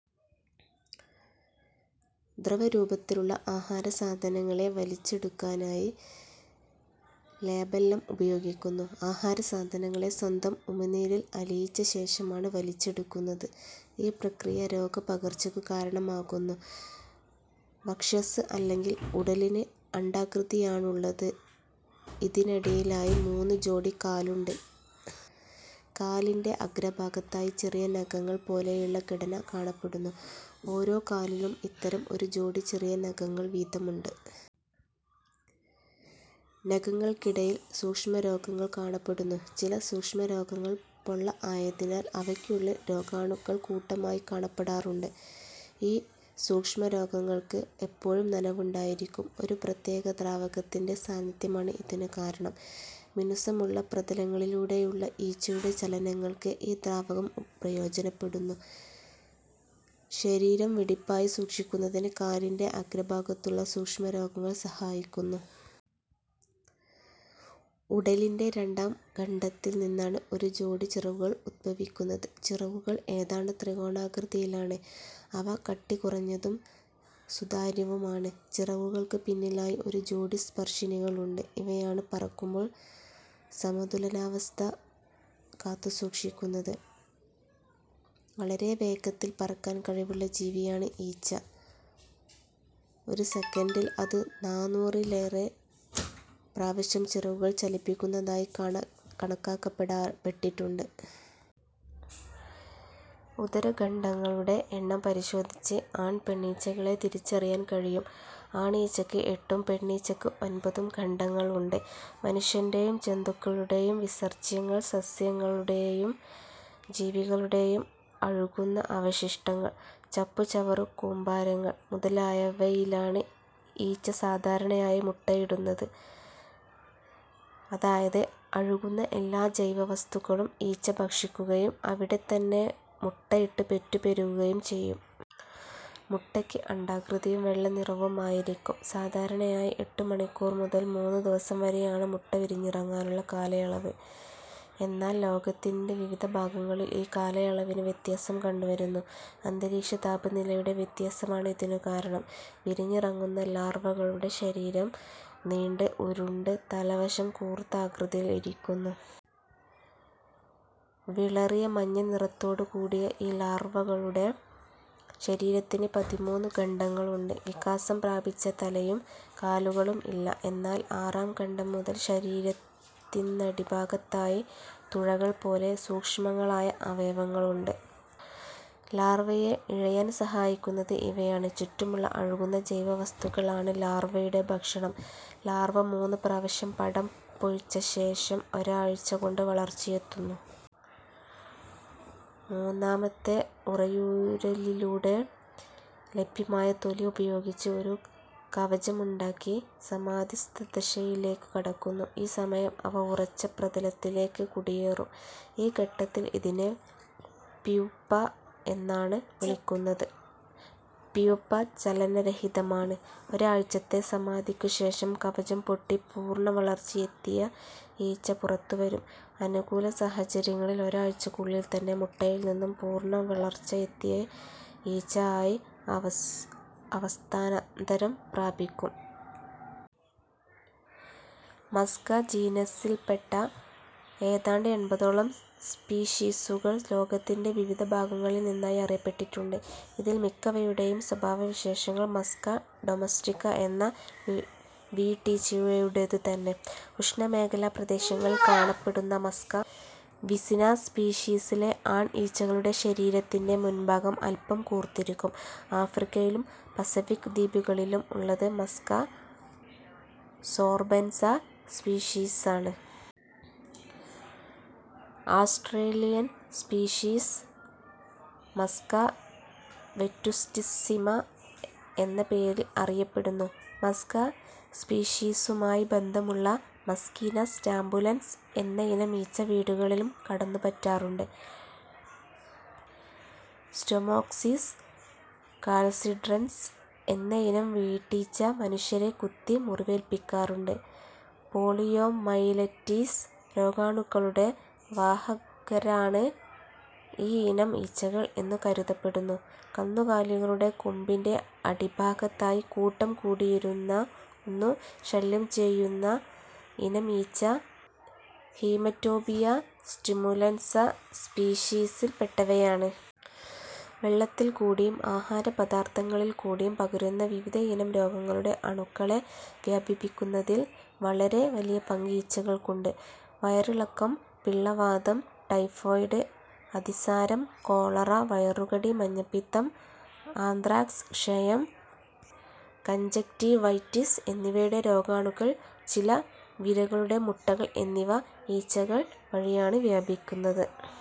ദ്രവരൂപത്തിലുള്ള ആഹാരസാധനങ്ങളെ വലിച്ചെടുക്കാനായി labellum ഉപയോഗിക്കുന്നു. ആഹാരസാധനങ്ങളെ സ്വന്തം ഉമിനീരിൽ അലിയിച്ചശേഷമാണ് വലിച്ചെടുക്കുന്നത്. ഈ പ്രക്രിയ രോഗ പകർചക്കു കാരണം ആകുന്നു. വക്ഷസ്സ് അല്ലെങ്കിൽ ഉടലിന് അണ്ഡാകൃതിയാണുള്ളത് ഇതിനടിയിലായി മൂന്നു ജോഡി കാലുണ്ട്. കാലിൻ്റെ അഗ്രഭാഗത്തായി ചെറിയ നഖങ്ങൾ പോലെയുള്ള ഘടന കാണപ്പെടുന്നു. ഓരോകാലിലും ഇത്തരം ഒരു ജോഡി ചെറിയ നഖങ്ങൾ വീതമുണ്ട്. നഖങ്ങൾക്കിടയിൽ സൂക്ഷ്മരോഗങ്ങൾ കാണപ്പെടുന്നു. ചില സൂക്ഷ്മരോമങ്ങൾ പൊള്ള ആയതിനാൽ അവയ്ക്കുള്ളിൽ രോഗാണുക്കൾ കൂട്ടമായി കാണപ്പെടാറുണ്ട്. ഈ സൂക്ഷ്മരോഗങ്ങൾക്ക് എപ്പോഴും നനവുണ്ടായിരിക്കും. ഒരു പ്രത്യേക ദ്രാവകത്തിൻ്റെ സാന്നിധ്യമാണ് ഇതിനു കാരണം. മിനുസമുള്ള പ്രതലങ്ങളിലൂടെയുള്ള ഈച്ചയുടെ ചലനങ്ങൾക്ക് ഈ ദ്രാവകം പ്രയോജനപ്പെടുന്നു. ശരീരം വെടിപ്പായി സൂക്ഷിക്കുന്നതിന് കാലിൻ്റെ അഗ്രഭാഗത്തുള്ള സൂക്ഷ്മരോഗങ്ങൾ സഹായിക്കുന്നു. ഉടലിൻ്റെ രണ്ടാം ഖണ്ഡത്തിൽ നിന്നാണ് ഒരു ജോഡി ചിറകുകൾ ഉദ്ഭവിക്കുന്നത്. ചിറകുകൾ ഏതാണ്ടു ത്രികോണാകൃതിയിലാണ്. അവ കട്ടികുറഞ്ഞതും സുതാര്യവുമാണ്. ചിറകുകൾക്ക് പിന്നിലായി ഒരു ജോഡി സ്പർശിനികൾ ഉണ്ട്. ഇവയാണ് പറക്കുമ്പോൾ സമതുലനാവസ്ത കാത്തുസൂക്ഷിക്കുന്നത്. വളരെ വേഗത്തിൽ പറക്കാൻ കഴിവുള്ള ജീവിയാണ് ഈച്ച. ഒരു സെക്കൻഡിൽ അത് നാനൂറിലേറെ പ്രാവശ്യം ചിറകുകൾ ചലിപ്പിക്കുന്നതായി കണക്കാക്കപ്പെട്ടിട്ടുണ്ട്. ഉദര ഖണ്ഡങ്ങളുടെ എണ്ണം പരിശോധിച്ച് ആൺ പെണ്ണീച്ചകളെ തിരിച്ചറിയാൻ കഴിയും. ആണീച്ചക്ക് എട്ടും പെണ്ണീച്ചക്ക് ഒൻപതും ഖണ്ഡങ്ങൾ ഉണ്ട്. മനുഷ്യൻ്റെയും ജന്തുക്കളുടെയും വിസർജ്യങ്ങൾ, സസ്യങ്ങളുടെയും ജീവികളുടെയും അഴുകുന്ന അവശിഷ്ടങ്ങൾ, ചപ്പു ചവറു കൂമ്പാരങ്ങൾ മുതലായവയിലാണ് ഈച്ച സാധാരണയായി മുട്ടയിടുന്നത്. അതായത്, അഴുകുന്ന എല്ലാ ജൈവ വസ്തുക്കളും ഈച്ച ഭക്ഷിക്കുകയും അവിടെത്തന്നെ മുട്ട ഇട്ട് പെറ്റു പെരുകുകയും ചെയ്യും. മുട്ടയ്ക്ക് അണ്ഡാകൃതിയും വെള്ളനിറവും ആയിരിക്കും. സാധാരണയായി എട്ടു മണിക്കൂർ മുതൽ മൂന്നു ദിവസം വരെയാണ് മുട്ട വിരിഞ്ഞിറങ്ങാനുള്ള കാലയളവ്. എന്നാൽ ലോകത്തിൻ്റെ വിവിധ ഭാഗങ്ങളിൽ ഈ കാലയളവിനു വ്യത്യാസം കണ്ടുവരുന്നു. അന്തരീക്ഷ താപനിലയുടെ വ്യത്യാസമാണ് ഇതിനു കാരണം. വിരിഞ്ഞിറങ്ങുന്ന ലാർവകളുടെ ശരീരം നീണ്ട്, ഉരുണ്ട്, തല വശം കൂർത്ത ആകൃതിയിൽ ഇരിക്കുന്നു. വിളറിയ മഞ്ഞനിറത്തോടുകൂടിയ ഈ ലാർവകളുടെ ശരീരത്തിന് പതിമൂന്നു ഖണ്ഡങ്ങളുണ്ട്. വികാസം പ്രാപിച്ച തലയും കാലുകളും ഇല്ല. എന്നാൽ ആറാം ഖണ്ഡം മുതൽ ശരീരത്തിന്നടിഭാഗത്തായി തുഴകൾപോലെ സൂക്ഷ്മങ്ങളായ അവയവങ്ങളുണ്ട്. ലാർവയെ ഇഴയാൻ സഹായിക്കുന്നത് ഇവയാണ്. ചുറ്റുമുള്ള അഴുകുന്ന ജൈവ വസ്തുക്കൾ ആണ് ലാർവയുടെ ഭക്ഷണം. ലാർവ മൂന്നു പ്രാവശ്യം പടം പൊഴിച്ചശേഷം ഒരാഴ്ച്ചകൊണ്ട് വളർച്ചയെത്തുന്നു. മൂന്നാമത്തെ ഉറയൂരലിലൂടെ ലഭ്യമായ തൊലി ഉപയോഗിച്ച് ഒരു കവചമുണ്ടാക്കി സമാധിസ്ഥ ദശയിലേക്കു കടക്കുന്നു. ഈ സമയം അവ ഉറച്ച പ്രതലത്തിലേക്ക് കുടിയേറും. ഈ ഘട്ടത്തിൽ ഇതിനെ പ്യൂപ്പ എന്നാണ് വിളിക്കുന്നത്. പ്യൂപ്പ ചലനരഹിതമാണ്. ഒരഴ്ചത്തെ സമാധിക്കുശേഷം കവചം പൊട്ടി പൂർണവളർച്ചയെത്തിയ ഈച്ച പുറത്തുവരും. അനുകൂല സാഹചര്യങ്ങളിൽ ഒരാഴ്ചക്കുള്ളിൽ തന്നെ, മുട്ടയിൽ നിന്നും പൂർണ വളർച്ച എത്തിയ ഈച്ച ആയി അവസ്ഥാന്തരം പ്രാപിക്കും. മസ്ക ജീനസിൽപെട്ട ഏതാണ്ട് എൺപതോളം സ്പീഷീസുകൾ ലോകത്തിൻ്റെ വിവിധ ഭാഗങ്ങളിൽ നിന്നായി അറിയപ്പെട്ടിട്ടുണ്ട്. ഇതിൽ മിക്കവയുടെയും സ്വഭാവവിശേഷങ്ങൾ മസ്ക ഡൊമസ്റ്റിക്ക എന്ന വീട്ടീച്ചയുടേതുതന്നെ. ഉഷ്ണമേഖലാ പ്രദേശങ്ങളിൽ കാണപ്പെടുന്ന മസ്ക വിസിന സ്പീഷിസിലെ ആൺ ഈച്ചകളുടെ ശരീരത്തിൻ്റെ മുൻഭാഗം അല്പം കൂർത്തിരിക്കും. ആഫ്രിക്കയിലും പസഫിക്ക് ദ്വീപുകളിലും ഉള്ളത് മസ്ക സോർബൻസ സ്പീഷീസാണ്. ആസ്ട്രേലിയൻ സ്പീഷീസ് മസ്ക വെറ്റുസ്റ്റിസ്സിമ എന്ന പേരിൽ അറിയപ്പെടുന്നു. മസ്ക സ്പീഷീസുമായി ബന്ധമുള്ള മസ്കീന സ്റ്റാബുലൻസ് എന്നയിനം ഈച്ച വീടുകളിലും കടന്നുപറ്റാറുണ്ട്. സ്റ്റൊമോക്സിസ് കാൽസിട്രൻസ് എന്നയിനം വീട്ടീച്ച മനുഷ്യരെ കുത്തി മുറിവേല്പിക്കാറുണ്ട്. പോളിയോമൈലൈറ്റീസ് രോഗാണുക്കളുടെ വാഹകരാണ് ഈയിനം ഈച്ചകൾ എന്നു കരുതപ്പെടുന്നു. കന്നുകാലികളുടെ കൊമ്പിൻ്റെ അടിഭാഗത്തായി കൂട്ടം കൂടിയിരുന്നു ശല്യംചെയ്യുന്ന ഇനം ഈച്ച ഹീമറ്റോബിയ സ്റ്റിമുലൻസ സ്പീഷീസിൽ പെട്ടവയാണ്. വെള്ളത്തിൽ കൂടിയും, ആഹാര പദാർത്ഥങ്ങളിൽ കൂടിയും പകരുന്ന വിവിധയിനം രോഗങ്ങളുടെ അണുക്കളെ വ്യാപിപ്പിക്കുന്നതിൽ വളരെ വലിയ പങ്ക് ഈച്ചകൾക്കുണ്ട്. വയറിളക്കം, പിള്ളവാതം, ടൈഫോയ്ഡ്, അതിസാരം, കോളറ, വയറുകടി, മഞ്ഞപ്പിത്തം, ആന്ത്രാക്സ്, ക്ഷയം, കഞ്ജങ്ക്റ്റീവൈറ്റിസ് എന്നിവയുടെ രോഗാണുക്കൾ, ചില വിരകളുടെ മുട്ടകൾ എന്നിവ ഈച്ചകൾ വഴിയാണ് വ്യാപിക്കുന്നത്.